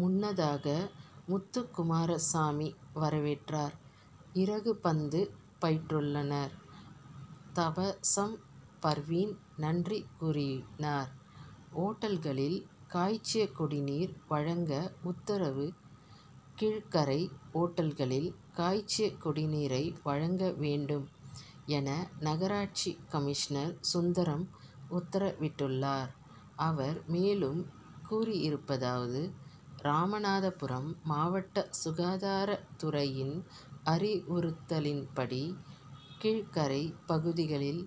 முன்னதாக முத்துக்குமாரசாமி வரவேற்றார். இறகுபந்து பயிற்றுனர் தபசம் பர்வீன் நன்றி கூறினார். ஓட்டல்களில் காய்ச்சிய குடிநீர் வழங்க உத்தரவு கீழக்கரை ஓட்டல்களில் காய்ச்சிய குடிநீரை வழங்க வேண்டும் என நகராட்சி கமிஷனர் சுந்தரம் உத்தர விட்டுள்ளார். அவர் மேலும் கூறியிருப்பதாவது ராமநாதபுரம் மாவட்ட சுகாதார துறையின் அறிவுறுத்தலின்படி கீழக்கரை பகுதிகளில்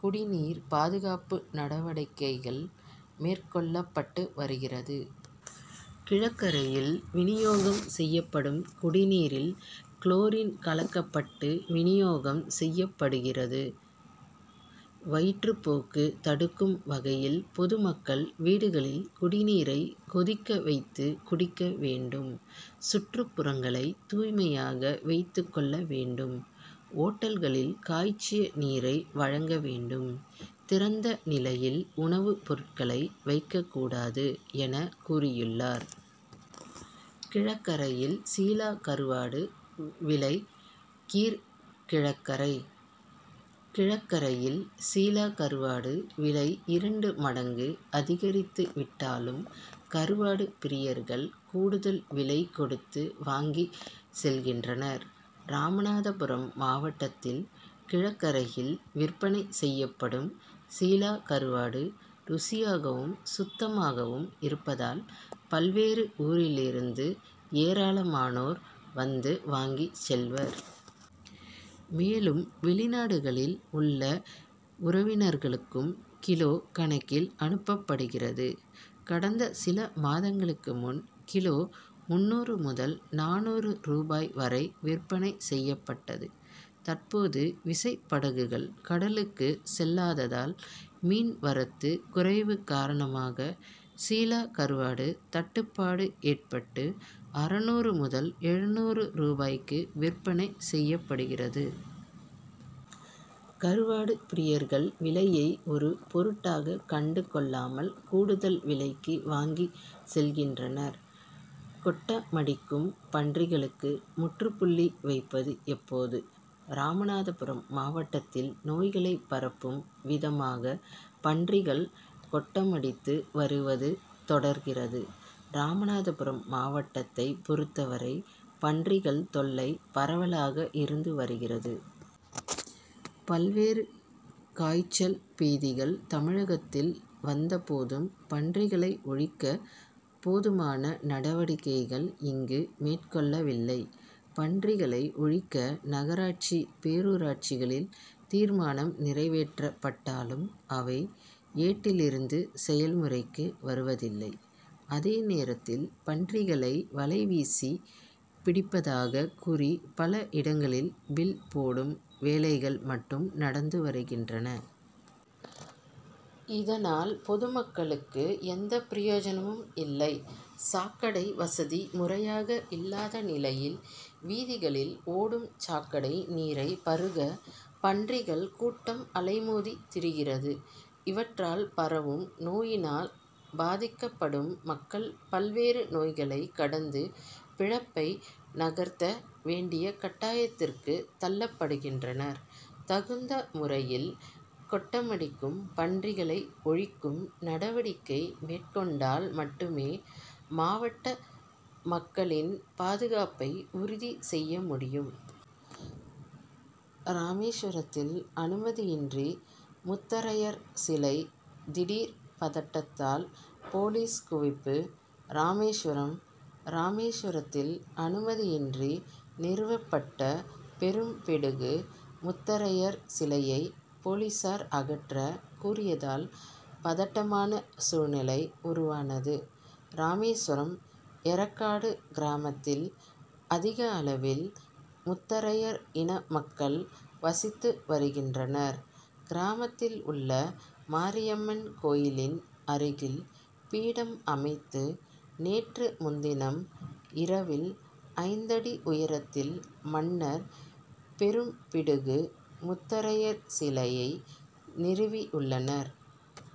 குடிநீர் பாதுகாப்பு நடவடிக்கைகள் மேற்கொள்ளப்பட்டு வருகிறது. கீழக்கரையில் வினியோகம் செய்யப்படும் குடிநீரில் குளோரின் கலக்கப்பட்டு வினியோகம் செய்யப்படுகிறது. வயிற்று போக்கு தடுக்கும் வகையில் பொதுமக்கள் வீடுகளில் குடிநீரை கொதிக்க வைத்து குடிக்க வேண்டும். சுற்றுப்புறங்களை தூய்மையாக வைத்துக் கொள்ள வேண்டும். ஓட்டல்களில் காய்ச்சிய நீரை வழங்க வேண்டும். திறந்த நிலையில் உணவு பொருட்களை வைக்கக்கூடாது, என கூறியுள்ளார். கீழக்கரையில் சீலா கருவாடு விலை கிர்கீழக்கரை கீழக்கரையில் சீலா கருவாடு விலை இரண்டு மடங்கு அதிகரித்துவிட்டாலும் கருவாடு பிரியர்கள் கூடுதல் விலை கொடுத்து வாங்கி செல்கின்றனர். ராமநாதபுரம் மாவட்டத்தில் கீழக்கரையில் விற்பனை செய்யப்படும் சீலா கருவாடு ருசியாகவும், சுத்தமாகவும் இருப்பதால் பல்வேறு ஊர்களிலிருந்து ஏராளமானோர் வந்து வாங்கி செல்வர். மேலும் வெளிநாடுகளில் உள்ள உறவினர்களுக்கும் கிலோ கணக்கில் அனுப்பபடுகிறது. கடந்த சில மாதங்களுக்கு முன் கிலோ முந்நூறு முதல் நானூறு ரூபாய் வரை விற்பனை செய்யப்பட்டது. தற்போது விசைப் படகுகள் கடலுக்கு செல்லாததால் மீன்வரத்து குறைவு காரணமாக சீலா கருவாடு தட்டுப்பாடு ஏற்பட்டு அறுநூறு முதல் எழுநூறு ரூபாய்க்கு விற்பனை செய்யப்படுகிறது. கருவாடு பிரியர்கள் விலையை ஒரு பொருட்டாக கண்டு கொள்ளாமல் கூடுதல் விலைக்கு வாங்கி செல்கின்றனர். கொட்டமடிக்கும் பன்றிகளுக்கு முற்றுப்புள்ளி வைப்பது எப்போது? ராமநாதபுரம் மாவட்டத்தில் நோய்களை பரப்பும் விதமாக பன்றிகள் கொட்டமடித்து வருவது தொடர்கிறது. ராமநாதபுரம் மாவட்டத்தை பொறுத்தவரை பன்றிகள் தொல்லை பரவலாக இருந்து வருகிறது. பல்வேறு காய்ச்சல் பீதிகள் தமிழகத்தில் வந்த போதும் பன்றிகளை ஒழிக்க போதுமான நடவடிக்கைள் இங்கு மேற் கொள்ளவில்லை. பன்றிகளை ஒழிக்க நகராட்சி, பேரூராட்சிகளில் தீர்மானம் நிறைவேற்றப் பட்டாலும், அவை ஏட்டிலிருந்து செயல்முறைக்கு வருவதில்லை. அதே நேரத்தில் பன்றிகளை வலைவீசி பிடிப்பதாக கூறி பல இடங்களில் பில்' போடும் வேலைகள் மட்டும் நடந்து வருகின்றன. இதனால் பொதுமக்களுக்கு எந்த பிரயோஜனமும் இல்லை. சாக்கடை வசதி முறையாக இல்லாத நிலையில், வீதிகளில் ஓடும் சாக்கடை நீரை பருக பன்றிகள் கூட்டம் அலைமோதி திரிகிறது. இவற்றால் பரவும் நோயினால் பாதிக்கப்படும் மக்கள் பல்வேறு நோய்களை கடந்து பிழைப்பை நகர்த்த வேண்டிய கட்டாயத்துக்கு தள்ளப்படுகின்றனர். தகுந்த முறையில் கொட்டமடிக்கும் பன்றிகளை ஒழிக்கும் நடவடிக்கை மேற்கொண்டால் மட்டுமே மாவட்ட மக்களின் பாதுகாப்பை உறுதி செய்ய முடியும். ராமேஸ்வரத்தில் அனுமதியின்றி முத்தரையர் சிலை திடீர் பதட்டத்தால் போலீஸ் குவிப்பு ராமேஸ்வரம் ராமேஸ்வரத்தில் அனுமதியின்றி நிறுவப்பட்ட பெரும்பிடுகு முத்தரையர் சிலையை போலீசார் அகற்ற கூறியதால் பதட்டமான சூழ்நிலை உருவானது. ராமேஸ்வரம் ஏரகாடு கிராமத்தில் அதிகளவில் முத்தரையர் இன மக்கள் வசித்து வருகின்றனர். கிராமத்தில் உள்ள மாரியம்மன் கோயிலின் அருகில் பீடம் அமைத்து நேற்று முன்தினம் இரவில் ஐந்தடி உயரத்தில் மன்னர் பெரும்பிடுகு முத்தரையர் சிலையை நிறுவியுள்ளனர்.